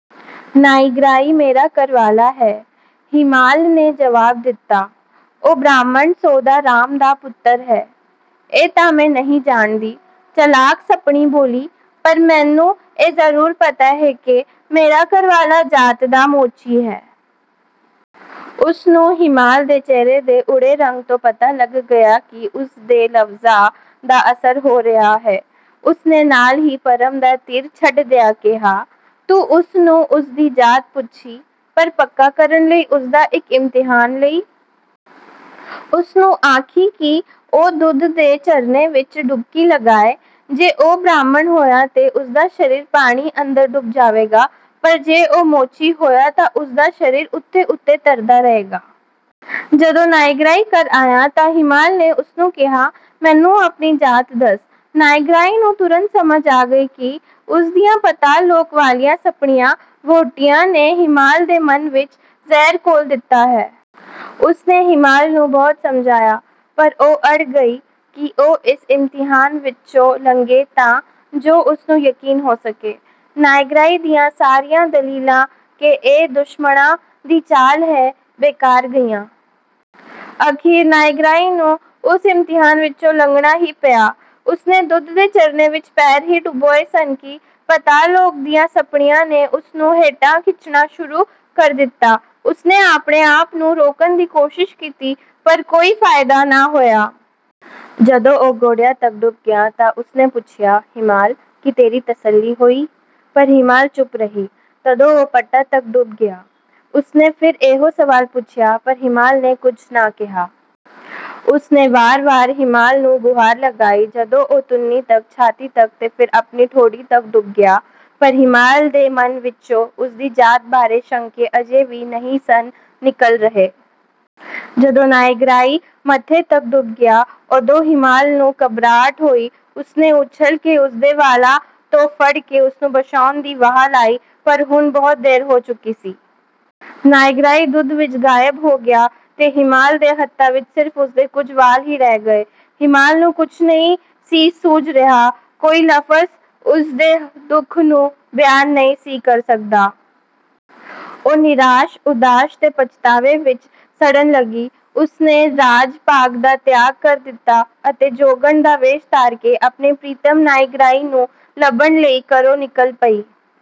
"ਨਾਇਗ੍ਰਾਈ ਮੇਰਾ ਘਰਵਾਲਾ ਹੈ," ਹੀਮਾਲ ਨੇ ਜਵਾਬ ਦਿੱਤਾ, "ਉਹ ਬ੍ਰਾਹਮਣ ਸੋਧਾ ਰਾਮ ਦਾ ਪੁੱਤਰ ਹੈ।" "ਇਹ ਤਾਂ ਮੈਂ ਨਹੀਂ ਜਾਣਦੀ," ਚਲਾਕ ਸੱਪਣੀ ਬੋਲੀ, "ਪਰ ਮੈਨੂੰ ਇਹ ਜ਼ਰੂਰ ਪਤਾ ਹੈ ਕਿ ਮੇਰਾ ਘਰਵਾਲਾ ਜਾਤ ਦਾ ਮੋਚੀ ਹੈ।" ਉਸ ਨੂੰ ਹੀਮਾਲ ਦੇ ਚਿਹਰੇ ਦੇ ਉੱਡੇ ਰੰਗ ਤੋਂ ਪਤਾ ਲੱਗ ਗਿਆ ਕਿ ਉਸ ਦੇ ਲਫ਼ਜ਼ਾਂ ਦਾ ਅਸਰ ਹੋ ਰਿਹਾ ਹੈ। ਉਸ ਨੇ ਨਾਲ ਹੀ ਭਰਮ ਦਾ ਤੀਰ ਛੱਡਦਿਆਂ ਕਿਹਾ, "ਤੂੰ ਉਸ ਨੂੰ ਉਸ ਦੀ ਜਾਤ ਪੁੱਛੀਂ, ਪਰ ਪੱਕਾ ਕਰਨ ਲਈ ਉਸ ਦਾ ਇੱਕ ਇਮਤਿਹਾਨ ਲਈਂ। ਉਸ ਨੂੰ ਆਖੀਂ ਕਿ ਉਹ ਦੁੱਧ ਦੇ ਝਰਨੇ ਵਿੱਚ ਡੁਬਕੀ ਲਗਾਏ। ਜੇ ਉਹ ਬ੍ਰਾਹਮਣ ਹੋਇਆ ਤਾਂ ਉਸ ਦਾ ਸਰੀਰ ਪਾਣੀ ਅੰਦਰ ਡੁੱਬ ਜਾਵੇਗਾ, ਪਰ ਜੇ ਉਹ ਮੋਚੀ ਹੋਇਆ ਤਾਂ ਉਸ ਦਾ ਸਰੀਰ ਉੱਤੇ-ਉੱਤੇ ਤਰਦਾ ਰਹੇਗਾ।" ਜਦੋਂ ਨਾਇਗ੍ਰਾਈ ਘਰ ਆਇਆ ਤਾਂ ਹੀਮਾਲ ਨੇ ਉਸ ਨੂੰ ਕਿਹਾ, "ਮੈਨੂੰ ਆਪਣੀ ਜਾਤ ਦੱਸ।" ਨਾਇਗ੍ਰਾਈ ਨੂੰ ਤੁਰੰਤ ਸਮਝ ਆ ਗਈ ਕਿ ਉਸ ਦੀਆਂ ਪਤਾਲ-ਲੋਕ ਵਾਲੀਆਂ ਸੱਪਣੀਆਂ-ਵਹੁਟੀਆਂ ਨੇ ਹੀਮਾਲ ਦੇ ਮਨ ਵਿੱਚ ਜ਼ਹਿਰ ਘੋਲ ਦਿੱਤਾ ਹੈ। ਉਸ ਨੇ ਹੀਮਾਲ ਨੂੰ ਬਹੁਤ ਸਮਝਾਇਆ, ਪਰ ਉਹ ਅੜ ਗਈ ਕਿ ਉਹ ਇਸ ਇਮਤਿਹਾਨ ਵਿੱਚੋਂ ਲੰਘੇ ਤਾਂ ਜੋ ਉਸ ਨੂੰ ਯਕੀਨ ਹੋ ਸਕੇ। ਨਾਇਗ੍ਰਾਈ ਦੀਆਂ ਸਾਰੀਆਂ ਦਲੀਲਾਂ ਕਿ ਇਹ ਦੁਸ਼ਮਣਾਂ ਦੀ ਚਾਲ ਹੈ, ਬੇਕਾਰ ਗਈਆਂ। ਅਖ਼ੀਰ ਨਾਇਗ੍ਰਾਈ ਨੂੰ ਉਸ ਇਮਤਿਹਾਨ ਵਿੱਚੋਂ ਲੰਘਣਾ ਹੀ ਪਿਆ। ਉਸ ਨੇ ਦੁੱਧ ਦੇ ਝਰਨੇ ਵਿੱਚ ਪੈਰ ਹੀ ਡੁਬੋਏ ਸਨ ਕਿ ਪਤਾਲ-ਲੋਕ ਦੀਆਂ ਸੱਪਣੀਆਂ ਨੇ ਉਸ ਨੂੰ ਹੇਠਾਂ ਖਿੱਚਣਾ ਸ਼ੁਰੂ ਕਰ ਦਿੱਤਾ। ਉਸ ਨੇ ਆਪਣੇ-ਆਪ ਨੂੰ ਰੋਕਣ ਦੀ ਕੋਸ਼ਿਸ਼ ਕੀਤੀ, ਪਰ ਕੋਈ ਫ਼ਾਇਦਾ ਨਾ ਹੋਇਆ। ਜਦੋਂ ਉਹ ਗੋਡਿਆਂ ਤੱਕ ਡੁੱਬ ਗਿਆ ਤਾਂ ਉਸ ਨੇ ਪੁੱਛਿਆ, "ਹੀਮਾਲ, ਕੀ ਤੇਰੀ ਤਸੱਲੀ ਹੋਈ?" ਪਰ ਹੀਮਾਲ ਚੁੱਪ ਰਹੀ। ਜਦੋਂ ਉਹ ਪੱਟਾਂ ਤੱਕ ਡੁੱਬ ਗਿਆ, ਉਸ ਨੇ ਫਿਰ ਇਹੋ ਸਵਾਲ ਪੁੱਛਿਆ, ਪਰ ਹੀਮਾਲ ਨੇ ਕੁਝ ਨਾ ਕਿਹਾ। ਉਸ ਨੇ ਵਾਰ-ਵਾਰ ਹੀਮਾਲ ਨੂੰ ਗੁਹਾਰ ਲਗਾਈ ਜਦੋਂ ਉਹ ਧੁੰਨੀ ਤੱਕ, ਛਾਤੀ ਤੱਕ, ਤੇ ਫਿਰ ਆਪਣੀ ਠੋਡੀ ਤੱਕ ਡੁੱਬ ਗਿਆ। ਪਰ ਹੀਮਾਲ ਦੇ ਮਨ ਵਿੱਚੋਂ ਉਸ ਦੀ ਜਾਤ ਬਾਰੇ ਸ਼ੰਕੇ ਅਜੇ ਵੀ ਨਹੀਂ ਸਨ ਨਿਕਲ ਰਹੇ। ਜਦੋਂ ਨਾਇਗ੍ਰਾਈ ਮੱਥੇ ਤੱਕ ਡੁੱਬ ਗਿਆ, ਉਦੋਂ ਹੀਮਾਲ ਨੂੰ ਘਬਰਾਹਟ ਹੋਈ। ਉਸ ਨੇ ਉੱਛਲ ਕੇ ਉਸ ਦੇ ਵਾਲਾਂ ਤੋਂ ਫੜ ਕੇ ਉਸ ਨੂੰ ਬਚਾਉਣ ਦੀ ਵਾਹ ਲਾਈ, ਪਰ ਹੁਣ ਬਹੁਤ ਦੇਰ ਹੋ ਚੁੱਕੀ ਸੀ! ਨਾਇਗ੍ਰਾਈ ਦੁੱਧ ਵਿੱਚ ਗਾਇਬ ਹੋ ਗਿਆ ਤੇ ਹੀਮਾਲ ਦੇ ਹੱਥਾਂ ਵਿੱਚ ਸਿਰਫ਼ ਉਸ ਦੇ ਕੁਝ ਵਾਲ ਹੀ ਰਹਿ ਗਏ। ਹੀਮਾਲ ਨੂੰ ਕੁਝ ਨਹੀਂ ਸੀ ਸੁੱਝ ਰਿਹਾ। ਕੋਈ ਲਫ਼ਜ਼ ਉਸ ਦੇ ਦੁੱਖ ਨੂੰ ਬਿਆਨ ਨਹੀਂ ਸੀ ਕਰ ਸਕਦਾ। ਉਹ ਨਿਰਾਸ਼, ਉਦਾਸ ਤੇ ਪਛਤਾਵੇ ਵਿੱਚ ਸੜਨ ਲੱਗੀ। ਉਸ ਨੇ ਰਾਜ-ਭਾਗ ਦਾ ਤਿਆਗ ਕਰ ਦਿੱਤਾ ਅਤੇ ਜੋਗਣ ਦਾ ਵੇਸ ਧਾਰ ਕੇ ਆਪਣੇ ਪ੍ਰੀਤਮ ਨਾਇਗ੍ਰਾਈ ਨੂੰ ਲੱਭਣ ਲਈ ਘਰੋਂ ਨਿਕਲ ਪਈ।